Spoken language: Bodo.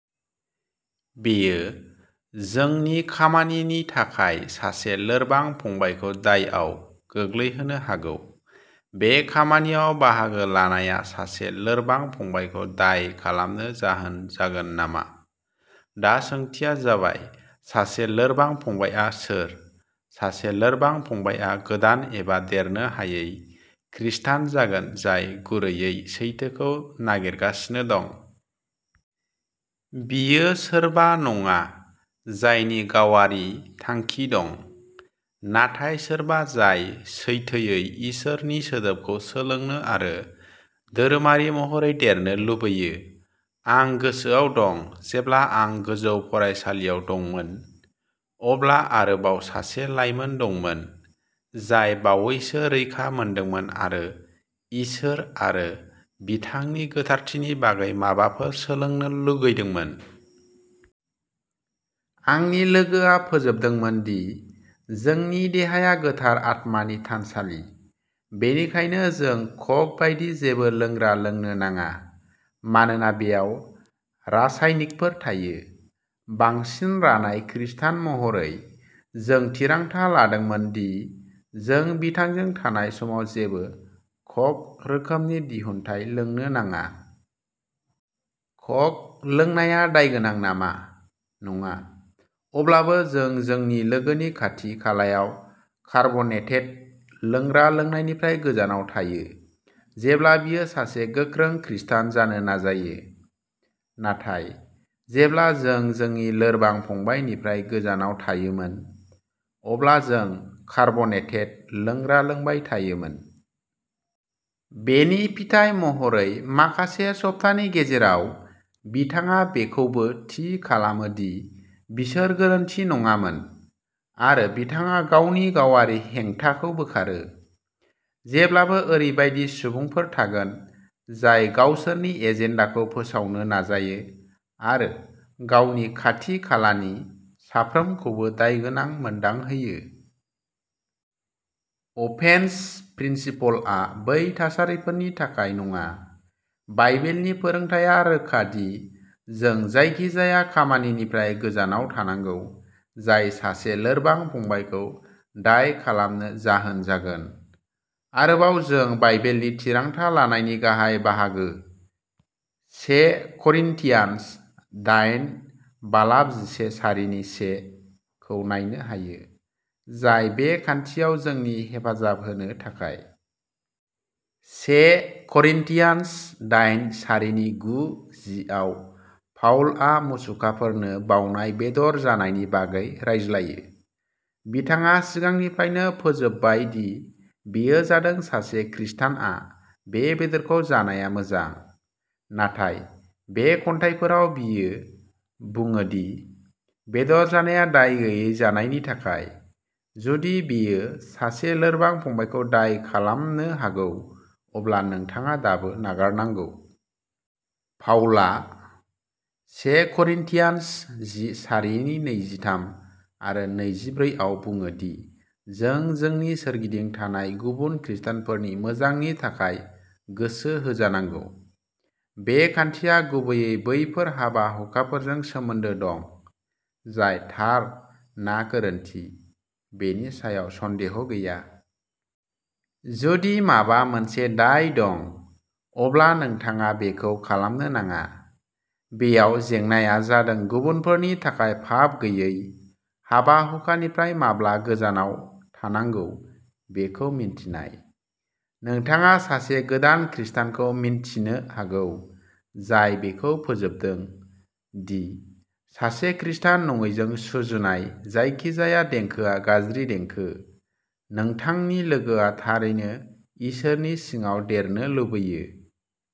बेयो जोंनि खामानिनि थाखाय सासे लोरबां फंबायखौ दायआव गोग्लैहोनो हागौ। बे खामानियाव बाहागो लानाया सासे लोरबां फंबायखौ दाय खालामनो जाहोन जागोन नामा? दा सोंथिया जाबाय, सासे लोरबां फंबायआ सोर? सासे लोरबां फंबायआ गोदान एबा देरनो हायै खृस्टान जागोन जाय गुरैयै सैथोखौ नागिरगासिनो दं। बियो सोरबा नङा जायनि गावारि थांखि दं, नाथाय सोरबा जाय सैथोयै इसोरनि सोदोबखौ सोलोंनो आरो धोरोमारि महरै देरनो लुबैयो। आं गोसोआव दं जेब्ला आं गोजौ फरायसालियाव दंमोन, अब्ला आरोबाव सासे लाइमोन दंमोन जाय बावैसो रैखा मोन्दोंमोन आरो इसोर आरो बिथांनि गोथारथिनि बागै माबाफोर सोलोंनो लुगैदोंमोन। आंनि लोगोआ फोजोबदोंमोन दि जोंनि देहाया गोथार आत्मानि थानसालि, बेनिखायनो जों क'क बायदि जेबो लोंग्रा लोंनो नाङा मानोना बेयाव रासायनिकफोर थायो। बांसिन रानाय खृस्टान महरै, जों थिरांथा लादोंमोन दि जों बिथांजों थानाय समाव जेबो क'क रोखोमनि दिहुनथाय लोंनो नाङा। क'क लोंनाया दायगोनां नामा? नङा। अब्लाबो जों जोंनि लोगोनि खाथि-खालायाव कार्बनेटेड लोंग्रा लोंनायनिफ्राय गोजानाव थायो, जेब्ला बियो सासे गोख्रों खृस्टान जानो नाजायो। नाथाय, जेब्ला जों जोंनि लोरबां फंबायनिफ्राय गोजानाव थायोमोन, अब्ला जों कार्बनेटेड लोंग्रा लोंबाय थायोमोन। बेनि फिथाइ महरै माखासे सप्तानि गेजेराव बिथाङा बेखौबो थि खालामो दि बिसोर गोरोन्थि नङामोन आरो बिथाङा गावनि गावारि हेंथाखौ बोखारो। जेब्लाबो ओरैबायदि सुबुंफोर थागोन जाय गावसोरनि एजेन्डाखौ फोसावनो नाजायो आरो गावनि खाथि-खालानि साफ्रोमखौबो दायगोनां मोनदांहोयो। अफेन्स प्रिन्सिपलआ बै थासारिफोरनि थाखाय नङा। बाइबेलनि फोरोंथाया रोखा दि जों जायखिजाया खामानिनिफ्राय गोजानाव थानांगौ जाय सासे लोरबां फंबायखौ दाय खालामनो जाहोन जागोन। आरोबाव जों बाइबेलनि थिरांथा लानायनि गाहाय बाहागो, से करिन्थियान्स दायेन बालाब जिसे सारिनि से खौ नायनो हायो, जाय बे खान्थियाव जोंनि हेफाजाब होनो थाखाय। से करिन्थियान्स दायेन सारिनि गु जि आव पाउलआ मुसुखाफोरनो बावनाय बेदर जानायनि बागै रायज्लायो। बिथाङा सिगांनिफ्रायनो फोजोबबाय दि बेयो जादों सासे खृष्टानआ बे बेदरखौ जानाया मोजां। नाथाय, बे खन्थाइफोराव बियो बुङो दि बेदर जानाया दाय गैयै जानायनि थाखाय, जुदि बेयो सासे लोरबां फंबायखौ दाय खालामनो हागौ, अब्ला नोंथाङा दाबो नागारनांगौ। पाउला से करिन्थियान्स जि सारिनि नैजिथाम आरो नैजिब्रै आव बुङो दि जों जोंनि सोरगिदिं थानाय गुबुन खृष्टानफोरनि मोजांनि थाखाय गोसो होजानांगौ। बे खान्थिया गुबैयै बैफोर हाबा-हुखाफोरजों सोमोन्दो दं, जाय थार ना गोरोन्थि, बेनि सायाव सन्देह गैया। जुदि माबा मोनसे दाय दं, अब्ला नोंथाङा बेखौ खालामनो नाङा। बेयाव जेंनाआ जादों गुबुनफोरनि थाखाय पाप गैयै हाबा-हुखानिफ्राय माब्ला गोजानाव थानांगौ बेखौ मिन्थिनाय। नोंथाङा सासे गोदान खृष्टानखौ मिन्थिनो हागौ, जाय बेखौ फोजोबदों दि सासे खृष्टान नङैजों सुजुनाय जायखिजाया देंखोआ गाज्रि देंखो। नोंथांनि लोगोआ थारैनो इसोरनि सिङाव देरनो लुबैयो।